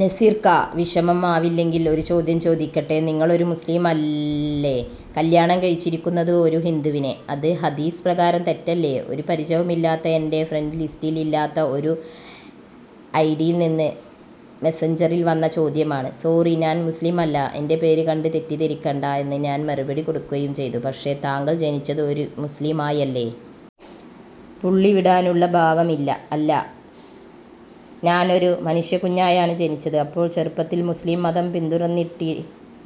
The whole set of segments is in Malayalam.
"നസീർക്ക, വിഷമം ആവില്ലെങ്കിൽ ഒരു ചോദ്യം ചോദിക്കട്ടെ? നിങ്ങൾ ഒരു മുസ്ലിം അല്ലെ, കല്യാണം കഴിച്ചിരിക്കുന്നത് ഒരു ഹിന്ദുവിനെ, അത് ഹദീസ് പ്രകാരം തെറ്റല്ലേ?" ഒരു പരിചയവും ഇല്ലാത്ത, എൻ്റെ ഫ്രണ്ട് ലിസ്റ്റിൽ ഇല്ലാത്ത ഒരു ഐഡിയിൽ നിന്ന് മെസ്സഞ്ചറിൽ വന്ന ചോദ്യമാണ്. "സോറി ഞാൻ മുസ്ലിമല്ല, എൻ്റെ പേര് കണ്ട് തെറ്റിദ്ധരിക്കണ്ട" എന്ന് ഞാൻ മറുപടി കൊടുക്കുകയും ചെയ്തു "പക്ഷേ, താങ്കൾ ജനിച്ചത് ഒരു മുസ്ലിമായല്ലേ?" പുള്ളി വിടാനുള്ള ഭാവമില്ല. "അല്ല, ഞാൻ ഒരു മനുഷ്യക്കുഞ്ഞായാണ് ജനിച്ചത്" "അപ്പോൾ ചെറുപ്പത്തിൽ മുസ്ലിം മതം പിന്തുടർന്നിട്ടേ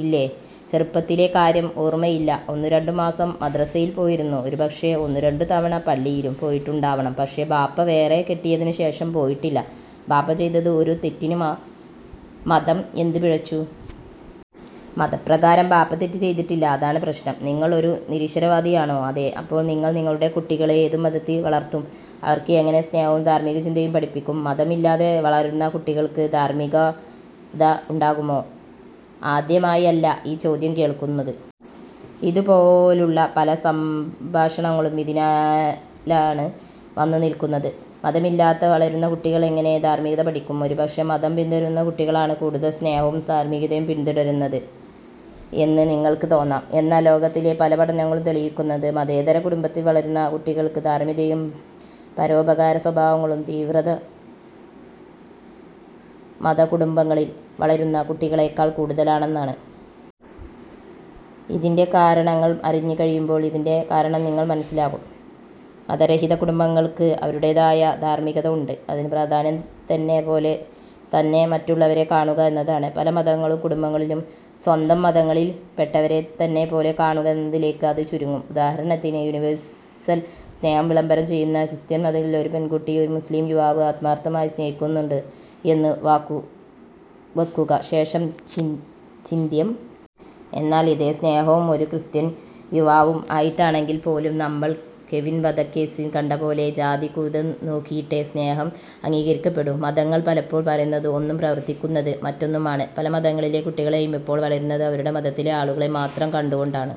ഇല്ലേ?" "ചെറുപ്പത്തിലേ കാര്യം ഓർമയില്ല, ഒന്നുരണ്ടു മാസം മദ്രസയിൽ പോയിരുന്നു. ഒരുപക്ഷേ, ഒന്നുരണ്ടു തവണ പള്ളിയിലും പോയിട്ടുണ്ടാവണം. പക്ഷേ, ബാപ്പ വേറെ കെട്ടിയതിന് ശേഷം പോയിട്ടില്ല." "ബാപ്പ ചെയ്ത ഒരു തെറ്റിന് മതം എന്ത് പിഴച്ചു?" "മതപ്രകാരം ബാപ്പ തെറ്റ് ചെയ്തിട്ടില്ല. അതാണ് പ്രശ്നം" "നിങ്ങൾ ഒരു നിരീശ്വരവാദിയാണോ?" "അതെ" "അപ്പോൾ നിങ്ങൾ നിങ്ങളുടെ കുട്ടികളെ ഏതു മതത്തിൽ വളർത്തും? അവർക്ക് എങ്ങനെ സ്നേഹവും ധാർമിക ചിന്തകളും പഠിപ്പിക്കും. മതം ഇല്ലാതെ വളരുന്ന കുട്ടികൾക്ക് ധാർമികത ഉണ്ടാകുമോ?" ആദ്യമായല്ല ഈ ചോദ്യം കേൾക്കുന്നത്. ഇതുപോലുള്ള പല സംഭാഷങ്ങളും ഇതിലാണ് വന്നുനിൽക്കുന്നത് മതമില്ലാതെ വളരുന്ന കുട്ടികൾ എങ്ങനെ ധാർമികത പഠിക്കും. ഒരുപക്ഷേ, മതം പിന്തുടരുന്ന കുട്ടികളാണ് കൂടുതൽ സ്നേഹവും ധാർമികതയും പിന്തുടരുന്നത് എന്ന് നിങ്ങൾക്ക് തോന്നാം. എന്നാൽ, ലോകത്തിലെ പല പഠനങ്ങളും തെളിയിക്കുന്നത് മതേതര കുടുംബത്തിൽ വളരുന്ന കുട്ടികൾക്ക് ധാർമികതയും, പരോപകാര സ്വഭാവങ്ങളും തീവ്രമതകുടുംബങ്ങളിൽ വളരുന്ന കുട്ടികളേക്കാൾ കൂടുതലാണെന്നാണ്. ഇതിൻ്റെ കാരണങ്ങൾ അറിഞ്ഞ് കഴിയുമ്പോൾ ഇതിൻ്റെ കാരണം നിങ്ങൾക്ക് മനസിലാകും. മതരഹിത കുടുംബങ്ങൾക്ക് അവരുടേതായ ധാർമികത ഉണ്ട്. അതിൽ പ്രധാനം തന്നെപ്പോലെ തന്നെ മറ്റുള്ളവരെ കാണുക എന്നതാണ്. പല മത കുടുംബങ്ങളിലും സ്വന്തം മതങ്ങളിൽ പെട്ടവരെ തന്നെപോലെ കാണുക എന്നതിലേക്ക് അത് ചുരുങ്ങും. ഉദാഹരണത്തിന് യൂണിവേഴ്സൽ സ്നേഹം വിളംബരം ചെയ്യുന്ന, ക്രിസ്ത്യൻ മതത്തിലെ ഒരു പെൺകുട്ടിയെ ഒരു മുസ്ലിം യുവാവ് ആത്മാർത്ഥമായി സ്നേഹിക്കുന്നുണ്ട് എന്ന് വാക്ക് വക്കുക, ശേഷം ചിചിന്ത്യം. എന്നാൽ, ഇതേ സ്നേഹം ഒരു ക്രിസ്ത്യൻ യുവാവും ആയിട്ടാണെങ്കിൽ പോലും, നമ്മൾ കെവിൻ വധക്കേസിൽ കണ്ടപോലെ, ജാതി കൂടി നോക്കിയിട്ടെ സ്നേഹം അംഗീകരിക്കപ്പെടൂ. മതങ്ങൾ പലപ്പോഴും പറയുന്നത് ഒന്നും, പ്രവർത്തിക്കുന്നത് മറ്റൊന്നുമാണ്. പല മതങ്ങളിലെ കുട്ടികളും ഇപ്പോൾ വളരുന്നത് അവരുടെ മതത്തിലെ ആളുകളെ മാത്രം കണ്ടുകൊണ്ടാണ്.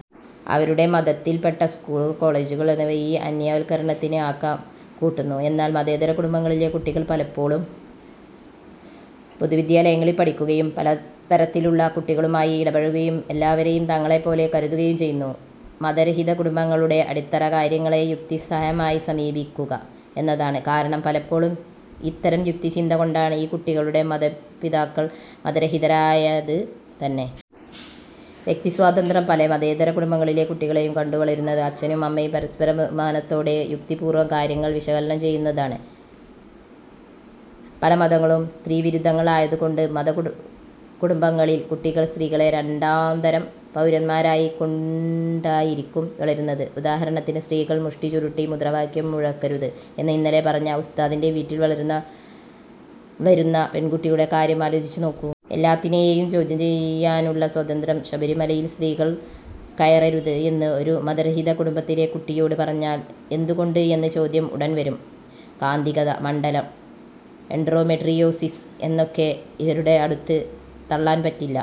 അവരവരുടെ മതത്തിൽ പെട്ട സ്കൂളുകൾ കോളേജുകൾ എന്നിവ ഈ അന്യവൽക്കരണത്തിന് ആക്കം കൂട്ടുന്നു. എന്നാൽ, മതേതര കുടുംബങ്ങളിലെ കുട്ടികൾ പലപ്പോഴും പൊതുവിദ്യാലയങ്ങളിൽ പഠിക്കുകയും പലതരത്തിലുള്ള കുട്ടികളുമായി ഇടപഴകുകയും, എല്ലാവരെയും തങ്ങളെ പോലെ കരുതുകയും ചെയ്യുന്നു. മതരഹിത കുടുംബങ്ങളുടെ അടിത്തറ കാര്യങ്ങളെ യുക്തിസഹമായി സമീപിക്കുക എന്നതാണ്, കാരണം പലപ്പോഴും ഇത്തരം യുക്തിചിന്ത കൊണ്ടാണ് ഈ കുട്ടികളുടെ മാതപിതാക്കൾ മതരഹിതരായത് തന്നെ. വ്യക്തി സ്വാതന്ത്ര്യം. പല മതേതര കുടുംബങ്ങളിലെ കുട്ടികളും കണ്ടുവളരുന്നത് അച്ഛനും അമ്മയും പരസ്പരബഹുമാനത്തോടെ യുക്തിപൂർവം കാര്യങ്ങൾ വിശകലനം ചെയ്യുന്നതാണ്. പല മതങ്ങളും സ്ത്രീവിരുദ്ധങ്ങൾ ആയതുകൊണ്ട് മതകുടുംബങ്ങളിൽ കുട്ടികൾ സ്ത്രീകളെ രണ്ടാംതരം പൗരന്മാരായി കൊണ്ടായിരിക്കും വളരുന്നത്. ഉദാഹരണത്തിന് 'സ്ത്രീകൾ മുഷ്ടി ചുരുട്ടി മുദ്രവാക്യം മുഴക്കരുത്' എന്ന് ഇന്നലെ പറഞ്ഞ ഉസ്താദിൻ്റെ വീട്ടിൽ വളർന്നു വരുന്ന പെൺകുട്ടികളുടെ കാര്യം ആലോചിച്ചു നോക്കൂ. എല്ലാത്തിനെയും ചോദ്യം ചെയ്യാനുള്ള സ്വാതന്ത്ര്യം. ശബരിമലയിൽ സ്ത്രീകൾ കയറരുത് എന്ന് ഒരു മതരഹിത കുടുംബത്തിലെ കുട്ടിയോട് പറഞ്ഞാൽ എന്തുകൊണ്ട് എന്ന ചോദ്യം ഉടൻ വരും. കാന്തിക മണ്ഡലം, "എൻഡോമെട്രിയോസിസ്" എന്നൊക്കെ ഇവരുടെ അടുത്ത് തള്ളാൻ പറ്റില്ല.